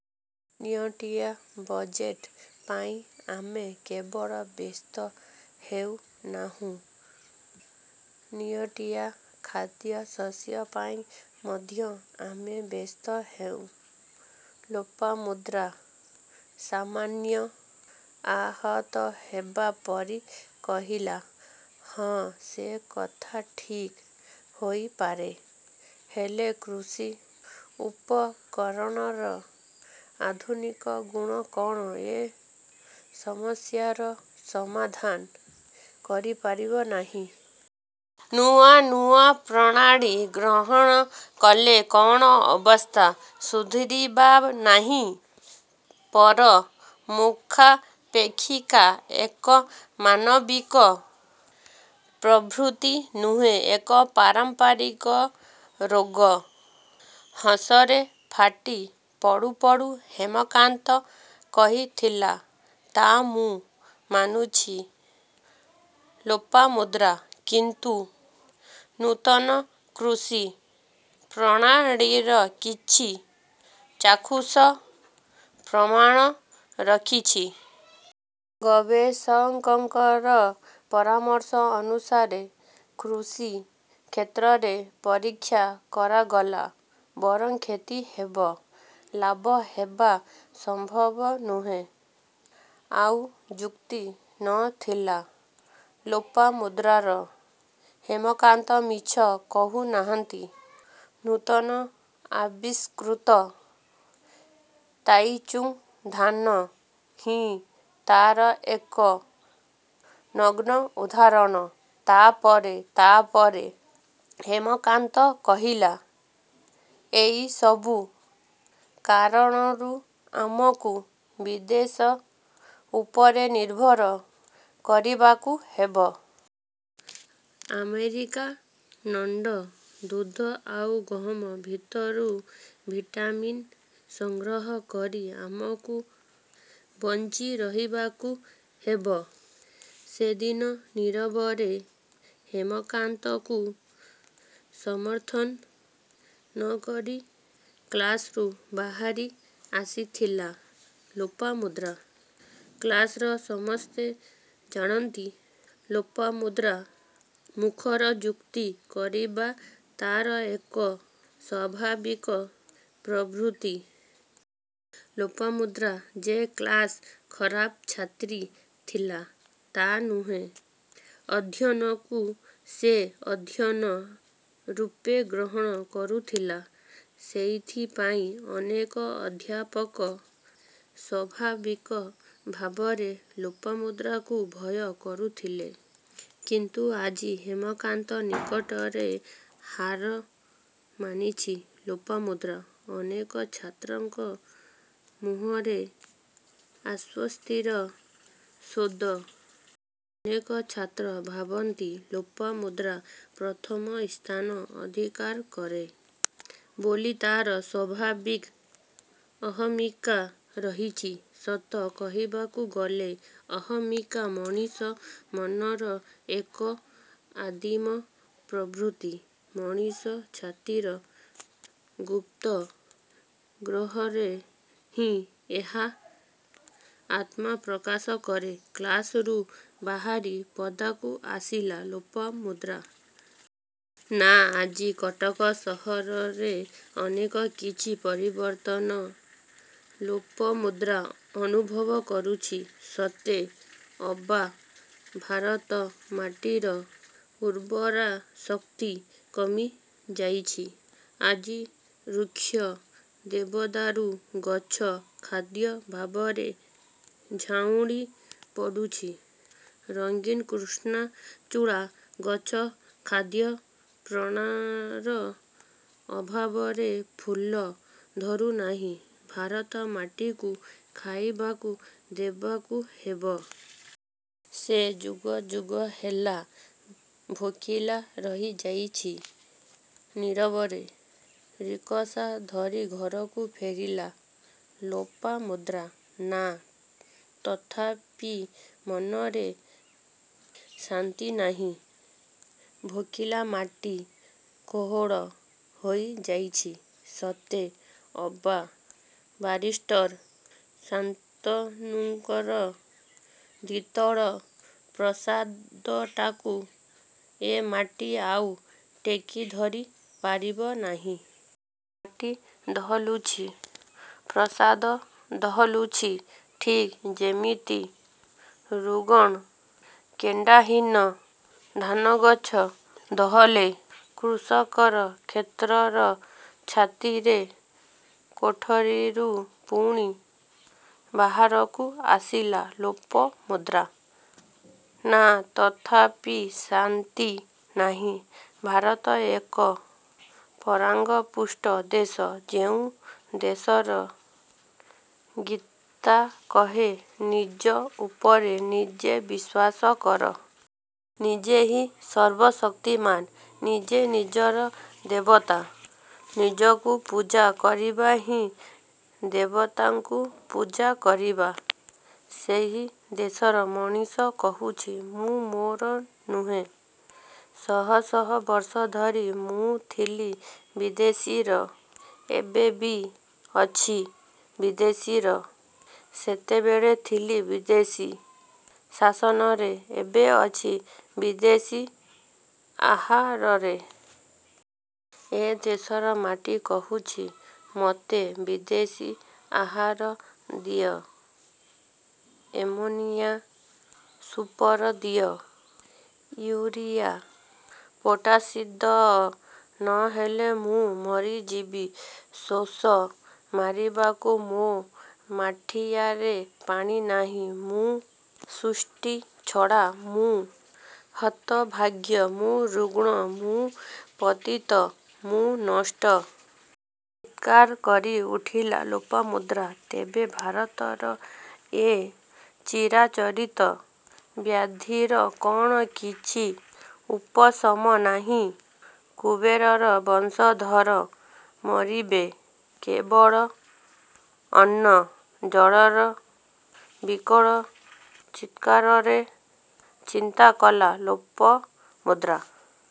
ନିଅଣ୍ଟିଆ ବଜେଟ ପାଇଁ ଆମେ କେବଳ ବ୍ୟସ୍ତ ହେଉ ନାହୁଁ.. ନିଅଣ୍ଟିଆ ଖାଦ୍ୟଶସ୍ୟ ପାଇଁ ମଧ୍ୟ ଆମେ ବ୍ୟସ୍ତ ହେଉଁ। ଲୋପାମୁଦ୍ରା ସାମାନ୍ୟ ଆହତ ହେବା ପରି କହିଲା—ହଁ ସେ କଥା ଠିକ୍ ହୋଇପାରେ-। ହେଲେ କୃଷି ଉପକରଣର ଆଧୁନିକ ଗୁଣ କ'ଣ ଏ ସମସ୍ୟାର ସମାଧାନ କରିପାରିବ ନାହିଁ-? ନୂଆ ନୂଆ ପ୍ରଣାଳୀ ଗ୍ରହଣ କଲେ କ'ଣ ଅବସ୍ଥା ସୁଧୁରିବା ନାହିଁ। ପର ମୁଖାପେକ୍ଷିକା ଏକ ମାନବିକ ପ୍ରବୃତ୍ତି ନୁହେଁ... ଏକ ପାରମ୍ପରିକ ରୋଗ। ହସରେ ଫାଟି ପଡ଼ୁ ପଡ଼ୁ ହେମକାନ୍ତ କହିଥିଲା—ତା' ମୁଁ ମାନୁଛି ଲୋପାମୁଦ୍ରା। କିନ୍ତୁ ନୂତନ କୃଷି ପ୍ରଣାଳୀର କିଛି ଚାକ୍ଷୁଷ ପ୍ରମାଣ ରଖିଛି? ଗବେଷକଙ୍କର ପରାମର୍ଶ ଅନୁସାରେ କୃଷି କ୍ଷେତ୍ରରେ ପରୀକ୍ଷା କରାଗଲା ବରଂ କ୍ଷତି ହେବ—ଲାଭ ହେବା ସମ୍ଭବ ନୁହେଁ। ଆଉ ଯୁକ୍ତି ନ ଥିଲା ଲୋପାମୁଦ୍ରାର..। ହେମକାନ୍ତ ମିଛ କହୁ ନାହାନ୍ତି। ନୂତନ ଆବିଷ୍କୃତ ତାଇଚୁଙ୍ଗ୍ ଧାନ ହିଁ ତା'ର ଏକ ନଗ୍ନ ଉଦାହରଣ। ତା'ପରେ... ତା'ପରେ ହେମକାନ୍ତ କହିଲା, ଏଇ ସବୁ କାରଣରୁ ଆମକୁ ବିଦେଶ ଉପରେ ନିର୍ଭର କରିବାକୁ ହେବ। ଆମେରିକାନ୍ଗୁଣ୍ଡ ଦୁଧ ଆଉ ଗହମ ଭିତରୁ ଭିଟାମିନ୍ ସଂଗ୍ରହ କରି ଆମକୁ ବଞ୍ଚି ରହିବାକୁ ହେବ। ସେଦିନ ନୀରବରେ ହେମକାନ୍ତକୁ ସମର୍ଥନ ନ କରି କ୍ଳାସରୁ ବାହାରି ଆସିଥିଲା ଲୋପାମୁଦ୍ରା। କ୍ଳାସ୍ର ସମସ୍ତେ ଜାଣନ୍ତି... ଲୋପାମୁଦ୍ରା। ମୁଖର। ଯୁକ୍ତି କରିବା ତା'ର ଏକ ସ୍ୱଭାବିକ ପ୍ରବୃତ୍ତି। ଲୋପାମୁଦ୍ରା ଯେ କ୍ଳାସ୍ର ଖରାପ ଛାତ୍ରୀ ଥିଲା, ତା' ନୁହେଁ। ଅଧ୍ୟୟନକୁ ସେ ଅଧ୍ୟୟନ ରୂପେ ଗ୍ରହଣ କରୁଥିଲା। ସେଇଥିପାଇଁ ଅନେକ ଅଧ୍ୟାପକ ସ୍ୱଭାବିକ ଭାବରେ ଲୋପାମୁଦ୍ରାକୁ ଭୟ କରୁଥିଲେ। କିନ୍ତୁ ଆଜି ହେମାକାନ୍ତ ନିକଟରେ ହାର ମାନିଛି ଲୋପାମୁଦ୍ରା। ଅନେକ ଛାତ୍ରଙ୍କ ମୁହଁରେ ଆଶ୍ୱସ୍ତିର ସ୍ୱେଦ। ଅନେକ ଛାତ୍ର ଭାବନ୍ତି.. ଲୋପାମୁଦ୍ରା। ପ୍ରଥମ ସ୍ଥାନ ଅଧିକାର କରେ ବୋଲି ତା'ର ସ୍ୱଭାବିକ୍ ଅହମିକା ରହିଛି। ସତ କହିବାକୁ ଗଲେ—ଅହମିକା ମଣିଷ ମନର ଏକ ଆଦିମ ପ୍ରବୃତ୍ତି। ମଣିଷ ଛାତିର ଗୁପ୍ତ ଗହ୍ୱରରେ ହିଁ ଏହା ଆତ୍ମପ୍ରକାଶ କରେ। କ୍ଳାସରୁ ବାହାରି ପଦାକୁ ଆସିଲା ଲୋପାମୁଦ୍ରା। ନାଁ... ଆଜି କଟକ ସହରରେ ଅନେକ କିଛି ପରିବର୍ତ୍ତନ। ଲୋପମୁଦ୍ରା ଅନୁଭବ କରୁଛି... ସତେ ଅବା ଭାରତ ମାଟିର ଉର୍ବରା ଶକ୍ତି କମିଯାଇଛି...। ଆଜି ରୁକ୍ଷ ଦେବଦାରୁ ଗଛ ଖାଦ୍ୟଭାବରେ ଝାଉଁଳି ପଡ଼ୁଛି। ରଙ୍ଗୀନ କୃଷ୍ଣଚୂଡ଼ା ଗଛ ଖାଦ୍ୟ ପ୍ରାଣର ଅଭାବରେ ଫୁଲ ଧରୁନାହିଁ। ଭାରତ ମାଟିକୁ ଖାଇବାକୁ ଦେବାକୁ ହେବ। ସେ ଯୁଗ ଯୁଗ ହେଲା ଭୋକିଲା ରହିଯାଇଛି। ନୀରବରେ ରିକସା ଧରି ଘରକୁ ଫେରିଲା ଲୋପାମୁଦ୍ରା। ନାଁ, ତଥାପି ମନରେ ଶାନ୍ତି ନାହିଁ। ଭୋକିଲା ମାଟି କୋହଳ ହୋଇଯାଇଛି। ସତେ ଅବା ବାରିଷ୍ଟର ଶାନ୍ତନୁଙ୍କର ଦ୍ୱିତଳ ପ୍ରାସାଦଟାକୁ ଏ ମାଟି ଆଉ ଟେକିଧରି ପାରିବ ନାହିଁ। ମାଟି ଦୋହଲୁଛି, ପ୍ରାସାଦ ଦୋହଲୁଛି। ଠିକ୍ ଯେମିତି ରୁଗଣ୍ କେଣ୍ଡାହୀନ ଧାନଗଛ ଦୋହଲେ କୃଷକର କ୍ଷେତର ଛାତିରେ। କୋଠରୀରୁ ପୁଣି ବାହାରକୁ ଆସିଲା ଲୋପମୁଦ୍ରା। ନାଁ ତଥାପି ଶାନ୍ତି ନାହିଁ। ଭାରତ ଏକ ପରାଙ୍ଗପୁଷ୍ଟ ଦେଶ। ଯେଉଁ ଦେଶର ଗୀତା କହେ ନିଜ ଉପରେ ନିଜେ ବିଶ୍ୱାସ କର। ନିଜେ ହିଁ ସର୍ବଶକ୍ତିମାନ୍। ନିଜେ ନିଜର ଦେବତା। ନିଜକୁ ପୂଜା କରିବା ହିଁ ଦେବତାଙ୍କୁ ପୂଜାକରିବା। ସେହି ଦେଶର ମଣିଷ କହୁଛି... ମୁଁ ମୋର ନୁହେଁ। ଶହ ଶହ ବର୍ଷ ଧରି ମୁଁ ଥିଲି ବିଦେଶୀର। ଏବେ ବି ଅଛି ବିଦେଶୀର। ସେତେବେଳେ ଥିଲି ବିଦେଶୀ ଶାସନରେ ଏବେ ଅଛି ବିଦେଶୀ ଆହାରରେ। ଏ ଦେଶର ମାଟି କହୁଛି ମୋତେ ବିଦେଶୀ ଆହାର ଦିଅ। ଏମୋନିଆଁ... ସୁପର ଦିଅ... ଇଉରିଆ, ପୋଟାସ୍ଦିଅ... ନ ହେଲେ ମୁଁ ମରିଯିବି। ଶୋଷ ମାରିବାକୁ ମୋ ମାଠିଆରେ ପାଣି ନାହିଁ.. ମୁଁ ସୃଷ୍ଟିଛଡ଼ା ମୁଁ ହତଭାଗ୍ୟ... ମୁଁ ରୁଗ୍ଣ... ମୁଁ ପତିତ... ମୁଁ ନଷ୍ଟ। ଚିତ୍କାର କରି ଉଠିଲା ଲୋପାମୁଦ୍ରା। ତେବେ ଭାରତର ଏ ଚିରାଚରିତ ବ୍ୟାଧିର କ'ଣ କିଛି ଉପଶମ ନାହିଁ? କୁବେରର ବଂଶଧର ମରିବେ କେବଳ ଅନ୍ନ, ଜଳର ବିକଳ ଚିତ୍କାରରେ? ଚିନ୍ତାକଲା ଲୋପମୁଦ୍ରା।